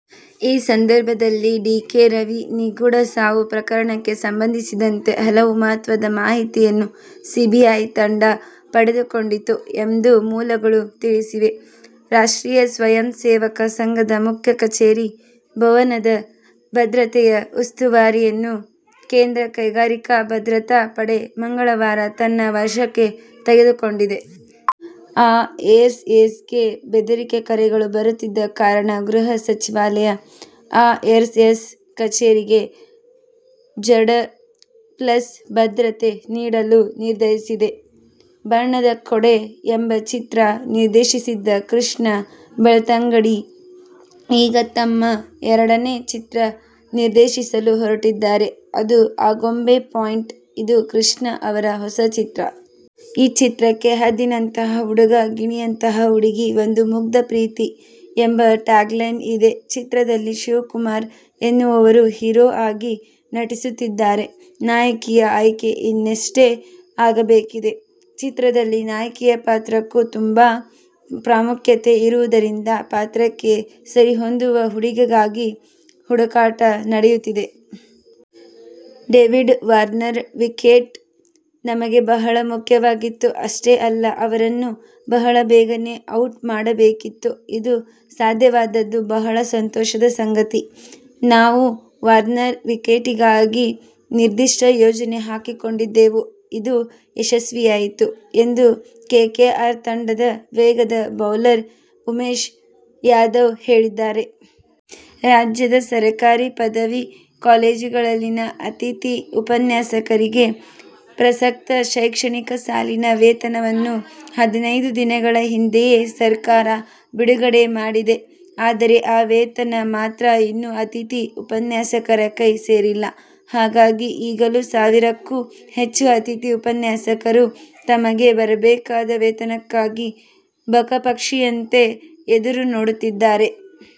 ಈ ಸಂದರ್ಭದಲ್ಲಿ D. K. Ravi ನಿಗೂಢ ಸಾವು ಪ್ರಕರಣಕ್ಕೆ ಸಂಬಂಧಿಸಿದಂತೆ ಹಲವು ಮಹತ್ವದ ಮಾಹಿತಿಯನ್ನು ಸಿಬಿಐ ತಂಡ ಪಡೆದುಕೊಂಡಿತು ಎಂದು ಮೂಲಗಳು ತಿಳಿಸಿವೆ. ರಾಷ್ಟ್ರೀಯ ಸ್ವಯಂ ಸೇವಕ ಸಂಘದ ಮುಖ್ಯ ಕಚೇರಿ " ಭವನ'ದ ಭದ್ರತೆಯ ಉಸ್ತುವಾರಿಯನ್ನು ಕೇಂದ್ರ ಕೈಗಾರಿಕಾ ಭದ್ರತಾ ಪಡೆ ಮಂಗಳವಾರ ತನ್ನ ವಶಕ್ಕೆ ತೆಗೆದುಕೊಂಡಿದೆ. ಆರ್ಎಸ್ಎಸ್ಗೆ ಬೆದರಿಕೆ ಕರೆಗಳು ಬರುತ್ತಿದ್ದ ಕಾರಣ ಗೃಹ ಸಚಿವಾಲಯ, ಆರ್ಎಸ್ಎಸ್ ಕಚೇರಿಗೆ ಝಡ್ ಪ್ಲಸ್ ಭದ್ರತೆ ನೀಡಲು ನಿರ್ಧರಿಸಿದೆ. ಬಣ್ಣದ ಕೊಡೆ ಎಂಬ ಚಿತ್ರ ನಿರ್ದೇಶಿಸಿದ್ದ ಕೃಷ್ಣ ಬೆಳ್ತಂಗಡಿ ಈಗ ತಮ್ಮ ಎರಡನೇ ಚಿತ್ರ ನಿರ್ದೇಶಿಸಲು ಹೊರಟಿದ್ದಾರೆ. ಅದು ಆಗುಂಬೆ ಪಾಯಿಂಟ್. ಇದು ಕೃಷ್ಣ ಅವರ ಹೊಸ ಚಿತ್ರ. ಈ ಚಿತ್ರಕ್ಕೆ ಹದ್ದಿನಂತಹ ಹುಡುಗ, ಗಿಣಿಯಂತಹ ಹುಡುಗಿ, ಒಂದು ಮುಗ್ಧ ಪ್ರೀತಿ' ಎಂಬ ಟ್ಯಾಗ್ಲೈನ್ ಇದೆ. ಚಿತ್ರದಲ್ಲಿ ಶಿವಕುಮಾರ್ ಎನ್ನುವವರು ಹೀರೋ ಆಗಿ ನಟಿಸುತ್ತಿದ್ದಾರೆ. ನಾಯಕಿಯ ಆಯ್ಕೆ ಇನ್ನಷ್ಟೇ ಆಗಬೇಕಿದೆ. ಚಿತ್ರದಲ್ಲಿ ನಾಯಕಿಯ ಪಾತ್ರಕ್ಕೂ ತುಂಬಾ ಪ್ರಾಮುಖ್ಯತೆ ಇರುವುದರಿಂದ ಪಾತ್ರಕ್ಕೆ ಸರಿಹೊಂದುವ ಹುಡುಗಿಗಾಗಿ ಹುಡುಕಾಟ ನಡೆಯುತ್ತಿದೆ. 'ಡೇವಿಡ್ ವಾರ್ನರ್ ವಿಕೆಟ್ ನಮಗೆ ಬಹಳ ಮುಖ್ಯವಾಗಿತ್ತು. ಅಷ್ಟೇ ಅಲ್ಲ, ಅವರನ್ನು ಬಹಳ ಬೇಗನೇ ಔಟ್ ಮಾಡಬೇಕಿತ್ತು. ಇದು ಸಾಧ್ಯವಾದದ್ದು ಬಹಳ ಸಂತೋಷದ ಸಂಗತಿ. ನಾವು ವಾರ್ನರ್ ವಿಕೆಟಿಗಾಗಿ ನಿರ್ದಿಷ್ಟ ಯೋಜನೆ ಹಾಕಿಕೊಂಡಿದ್ದೆವು. ಇದು ಯಶಸ್ವಿಯಾಯಿತು' ಎಂದು ಕೆಕೆಆರ್ ತಂಡದ ವೇಗದ ಬೌಲರ್ ಉಮೇಶ್ ಯಾದವ್ ಹೇಳಿದ್ದಾರೆ. ರಾಜ್ಯದ ಸರ್ಕಾರಿ ಪದವಿ ಕಾಲೇಜುಗಳಲ್ಲಿನಅತಿಥಿ ಉಪನ್ಯಾಸಕರಿಗೆ ಪ್ರಸಕ್ತ ಶೈಕ್ಷಣಿಕ ಸಾಲಿನ ವೇತನವನ್ನು ಹದಿನೈದು ದಿನಗಳ ಹಿಂದೆಯೇ ಸರ್ಕಾರ ಬಿಡುಗಡೆ ಮಾಡಿದೆ. ಆದರೆ, ಆ ವೇತನ ಮಾತ್ರ ಇನ್ನೂ ಅತಿಥಿ ಉಪನ್ಯಾಸಕರ ಕೈ ಸೇರಿಲ್ಲ. ಹಾಗಾಗಿ, ಈಗಲೂ ಸಾವಿರಕ್ಕೂ ಹೆಚ್ಚು ಅತಿಥಿ ಉಪನ್ಯಾಸಕರು ತಮಗೆ ಬರಬೇಕಾದ ವೇತನಕ್ಕಾಗಿ ಬಕಪಕ್ಷಿಯಂತೆ ಎದುರುನೋಡುತ್ತಿದ್ದಾರೆ.